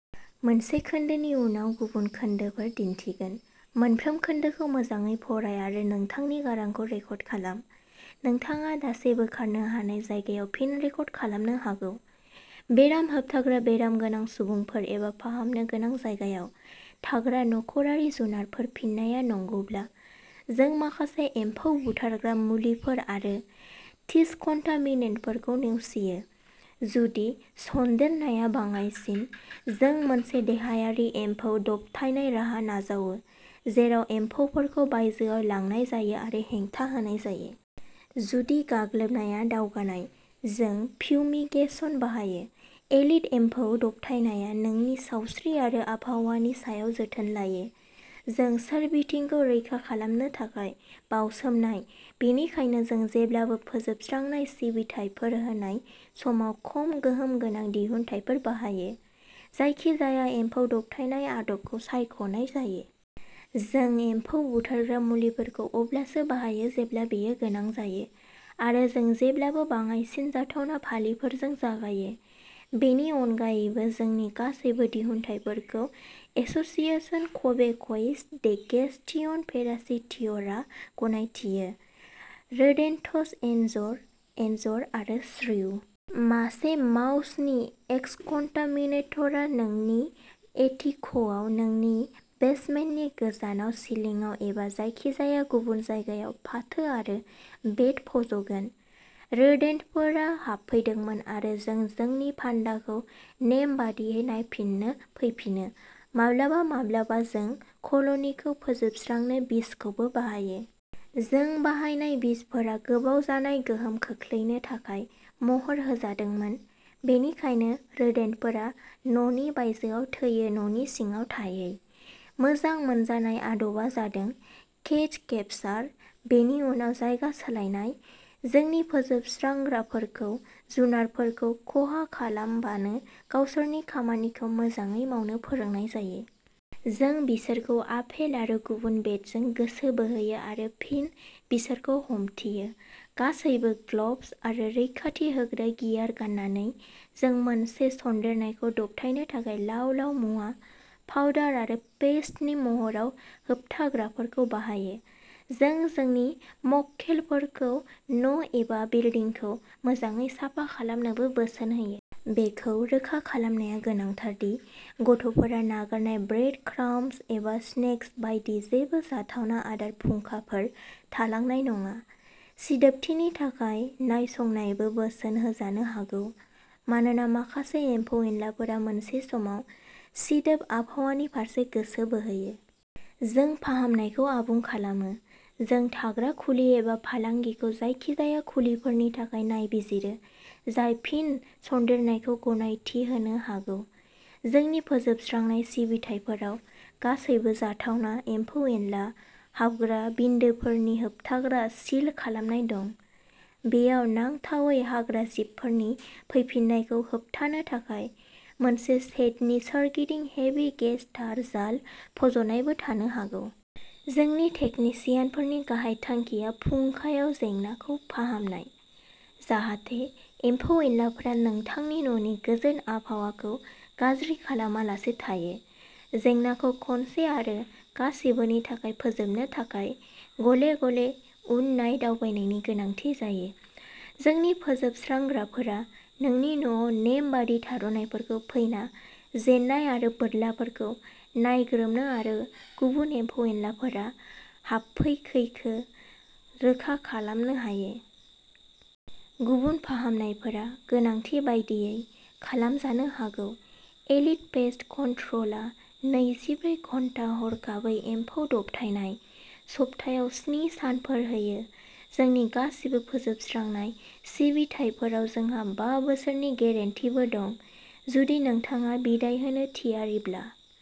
बेराम होबथाग्रा बेराम गोनां सुबुंफोर एबा फाहामनो गोनां जायगायाव थाग्रा नखरारि जुनारफोर फिननाया नंगौब्ला, जों माखासे एम्फौ बुथारग्रा मुलिफोर आरो दिसकन्टामिनेन्टफोरखौ नेवसियो। जुदि सन्देरनाया बाङायसिन, जों मोनसे देहायारि एम्फौ दबथायनाय राहा नाजावो, जेराव एम्फौफोरखौ बायजोआव लांनाय जायो आरो हेंथा होनाय जायो। जुदि गाग्लोबनाया दावगानाय, जों फिउमिगेसन बाहायो। एलिट एम्फौ दबथायनाया नोंनि सावस्रि आरो आबहावानि सायाव जोथोन लायो। जों सोरबिथिंखौ रैखा खालामनो थाखाय बाउसोमनाय, बेनिखायनो जों जेब्लाबो फोजोबस्रांनाय सिबिथायफोर होनाय समाव खम गोहोम गोनां दिहुनथायफोर बाहायो, जायखिजाया एम्फौ दबथायनाय आदबखौ सायख'नाय जायो। जों एम्फौ बुथारग्रा मुलिफोरखौ अब्लासो बाहायो जेब्ला बेयो गोनां जायो, आरो जों जेब्लाबो बाङायसिन जाथावना फालिफोरजों जागायो। बेनि अनगायैबो, जोंनि गासैबो दिहुनथायफोरखौ एस'सिएशन क्वेबेक'इज दे गेस्टियन पेरासिटायरआ गनायथियो। रोदेन्टस एनजर, एनजर आरो श्रिउ। मासे माउसनि एक्सकन्टामिनेटरआ नोंनि एटिकआव, नोंनि बेसमेन्टनि गोजावनाय सिलिंआव एबा जायखिजाया गुबुन जायगायाव फाथो आरो बेट फज'गोन। रोदेन्टफोरा हाबफैदोंमोन आरो जों जोंनि फान्दाखौ नेमबादियै नायफिन्नो फैफिनो। माब्लाबा माब्लाबा, जों कल'निखौ फोजोबस्रांनो बिसखौबो बाहायो। जों बाहायनाय बिसफोरा गोबाव जानाय गोहोम खोख्लैनो थाखाय महर होजादोंमोन, बेनिखायनो रोदेन्टफोरा न'नि बायजोआव थैयो न'नि सिङाव थायै। मोजां मोनजानाय आदबा जादों केज-केपसार, बेनि उनाव जायगा सोलायनाय। जोंनि फोजोबस्रांग्राफोरखौ जुनारफोरखौ खहा खालामालाबानो गावसोरनि खामानिखौ मोजाङै मावनो फोरोंनाय जायो। जों बिसोरखौ आपेल आरो गुबुन बेटजों गोसो बोहोयो आरो फिन बिसोरखौ हमथियो, गासैबो ग्लब्स आरो रैखाथि होग्रा गियार गाननानै। जों मोनसे सन्देरनायखौ दबथायनो थाखाय लाव-लाव मुवा, पाउडार आरो पेस्टनि महराव होबथाग्राफोरखौ बाहायो। जों जोंनि मक्केलफोरखौ न' एबा बिल्दिंखौ मोजाङै साफा खालामनोबो बोसोन होयो। बेखौ रोखा खालामनाया गोनांथार दि गथ'फोरा नागारनाय ब्रेड क्राम्ब्स एबा स्नेक्स बायदि जेबो जाथावना आदार फुंखाफोर थालांनाय नङा। सिदोबथिनि थाखाय नायसंनायबो बोसोन होजानो हागौ, मानोना माखासे एम्फौ-एनलाफोरा मोनसे समाव सिदोब आबहावानि फारसे गोसो बोहोयो। जों फाहामनायखौ आबुं खालामो, जों थाग्रा खुलि एबा फालांगिखौ जायखिजाया खुलिफोरनि थाखाय नायबिजिरो जाय फिन-सन्देरनायखौ गनायथि होनो हागौ। जोंनि फोजोबस्रांनाय सिबिथाइफोराव गासैबो जाथावना एम्फौ-एनला हाबग्रा बिन्दोफोरनि होबथाग्रा सिल खालामनाय दं; बेयाव नांथावै हाग्राजिबफोरनि फैफिन्नायखौ होबथानो थाखाय मोनसे सेडनि सोरगिदिं हेभि-गेज तार जाल फज'नायबो थानो हागौ। जोंनि तेकनिसियानफोरनि गाहाय थांखिया फुंखायाव जेंनाखौ फाहामनाय, जाहाथे एम्फौ-एनलाफोरा नोंथांनि न'नि गोजोन आबहावाखौ गाज्रि खालामालासे थायो। जेंनाखौ खनसे आरो गासिबोनि थाखाय फोजोबनो थाखाय, गले-गले उन-नाय दावबायनायनि गोनांथि जायो। जोंनि फोजोबस्रांग्राफोरा नोंनि न'आव नेमबादि थाद'नायफोराव फैना जेन्नाय आरो बोरलाफोरखौ नायग्रोमनो आरो गुबुन एम्फौ-एनलाफोरा हाबफैाखैखौ रोखा खालामनो हायो। गुबुन फाहामनायफोरा गोनांथि बायदियै खालामजानो हागौ। एलिट पेस्ट कन्ट्र'लआ नैजिब्रै घन्टा हरखाब एम्फौ दबथायनाय, सप्तायाव स्नि सानफोर होयो। जोंनि गासिबो फोजोबस्रांनाय सिबिथाइफोराव जोंहा बा बोसोरनि गेरेन्टीबो दं। जुदि नोंथाङा बिदाइ होनो थियारिब्ला।